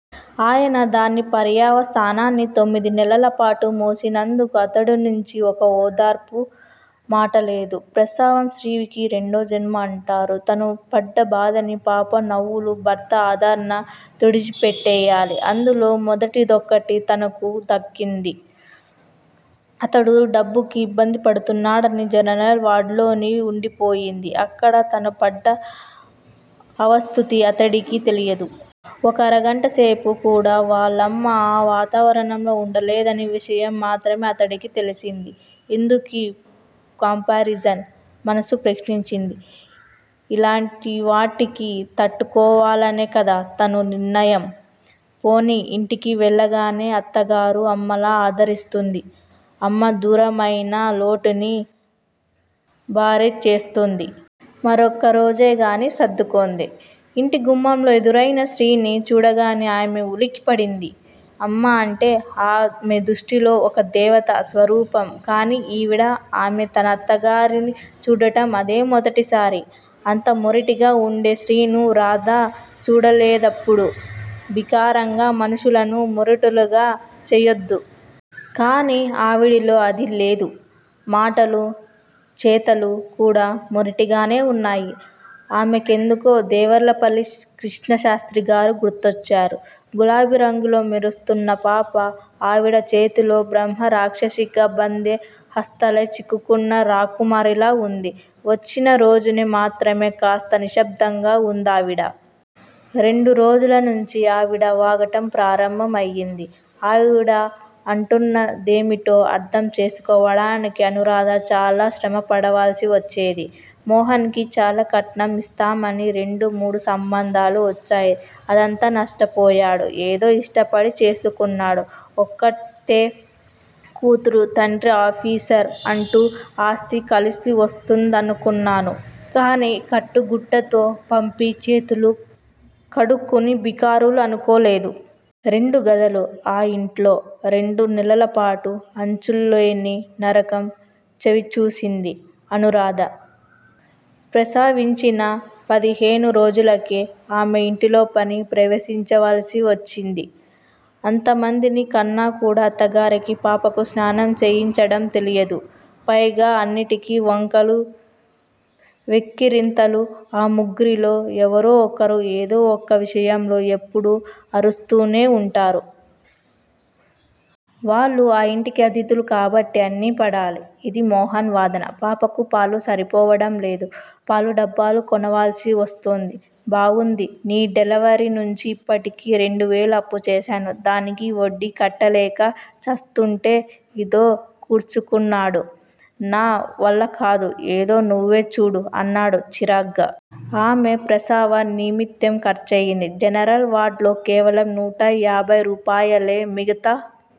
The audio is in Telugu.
అయినా దాని పర్యవసానాన్ని తొమ్మిది నెలలపాటు మోసినందుకు అతడినుంచి ఒక్క ఓదార్పు మాటలేదు. ప్రసవం స్త్రీకి రెండోజన్మ అంటారు. తను పడ్డ బాధని పాప నవ్వులూ, భర్త ఆదరణా తుడిచిపెట్టెయ్యాలి. అందులో మొదటిదొక్కటి తనకు దక్కింది. అతడు డబ్బుకి ఇబ్బందిపడుతున్నాడని జనరల్ వార్డులోని వుండిపోయింది. అక్కడ తను పడ్డ అవస్థుతి అతడికి తెలియదు. ఒక అరగంట సేపు కూడా వాళ్ళమ్మ ఆ వాతావరణంలో వుండలేదని విషయం మాత్రమే అతడికి తెలిసింది. 'ఎందుకీ కంపారిజన్? ' మనసు ప్రశ్నించింది. ఇలాంటివాటికి తట్టుకోవాలనే కదా తను నిర్ణయం? పోనీ ఇంటికి వెళ్ళగానే అత్తగారు అమ్మలా ఆదరిస్తుంది. అమ్మ దూరమయిన లోటుని భారీ చేస్తుంది. మరొక్క రోజేగాని సర్దుకొంది. ఇంటి గుమ్మంలో ఎదురయిన స్త్రీని చూడగానే ఆమె ఉలిక్కిపడింది. 'అమ్మ' అంటే ఆమె దుష్టిలో ఒక దేవతా స్వరూపం కాని ఈవిడ? ఆమె తన అత్తగారిని చూడటం అదే మొదటిసారి. అంత మొరటీగా వుండే స్త్రీను రాధ చూడలేదప్పుడూ బీదరికం మనుష్యులను మొరటులుగా చెయ్యదు. కాని ఆవిడీలో అదీ లేదు. మాటలూ చేతలూ కూడా మొరటీగానే వున్నాయి. ఆమె కెందుకో దేవలపల్లి కృష్ణశాస్త్రిగారు గుర్తొచ్చారు. గులాబీ రంగులో మెరిస్తుతున్న పాప ఆవిడ చేతుల్లో బ్రహ్మ రాక్షసి కబంధే హస్తాల్లే చిక్కుకున్న రాకుమారిలా వుంది. వచ్చిన రోజునే మాత్రం కాస్త నిశ్శబ్దంగా వుందావిడ. రెండో రోజు నుంచీ ఆవిడ వాగటం ప్రారంభమయింది. ఆవిడ అంటున్నదేమిటో అర్ధం చేసుకోవడానికి అనూరాధ చాలా శ్రమపడవలసి వచ్చేది. 'మోహన్ కి చాలా కట్నం ఇస్తామని రెండు, మూడు సంబంధాలు వచ్చాయి. అదంతా నష్టపోయాడు. ఏదో ఇష్టపడి చేసుకున్నాడు. ఒక్కతే కూతురు. తండ్రి ఆఫీసరు అంటే ఆస్తి కలిసివస్తుందనుకున్నాను కాని కట్టుగుడ్డతో పంపి చేతులు కడుక్కోనీ బికారులు అనుకోలేదు. రెండు గదులు ఆ యింట్లో రెండు నెలలపాటు అంచుల్లేని నరకం చవిచూసింది అనూరాధ. ప్రసవించిన పదిహేను రోజులకే ఆమె ఇంటిలోపని ప్రవేశించవలసి వచ్చింది. అంతమందిని కన్నా కూడా, అత్తగారికి పాపకు స్నానం చేయించడం తెలీయదు. పైగా అన్నింటికీ వంకలు, వెక్కిరింతలు. ఆ ముగ్గురిలో ఎవరో ఒకరు ఏదో ఒక విషయంలో ఎప్పుడూ అరుస్తూనే వుంటారు. 'వాళ్ళు ఆ ఇంటికి అతిధులు కాబట్టి అన్నీ పడాలి'. ఇది మోహన్ వాదన. పాపకు పాలు సరిపోవడంలేదు. పాలు డబ్బాలు కొనవాల్సి వస్తుంది. బావుంది నీ డెలివరీ నుంచి ఇప్పటికి రెండువేలు అప్పుచేశాను. దానికి వడ్డీయే కట్టలేక చస్తుంటే ఇదో ఖుర్చుకున్నాడు? నా వల్లకాదు ఏదో నువ్వే చూడు అన్నాడు చిరాగ్గా. ఆమె ప్రసవ నిమిత్తం ఖర్చయింది జనరల్ వార్డ్ లో కేవలం నూటయాభై రూపాయలే మిగత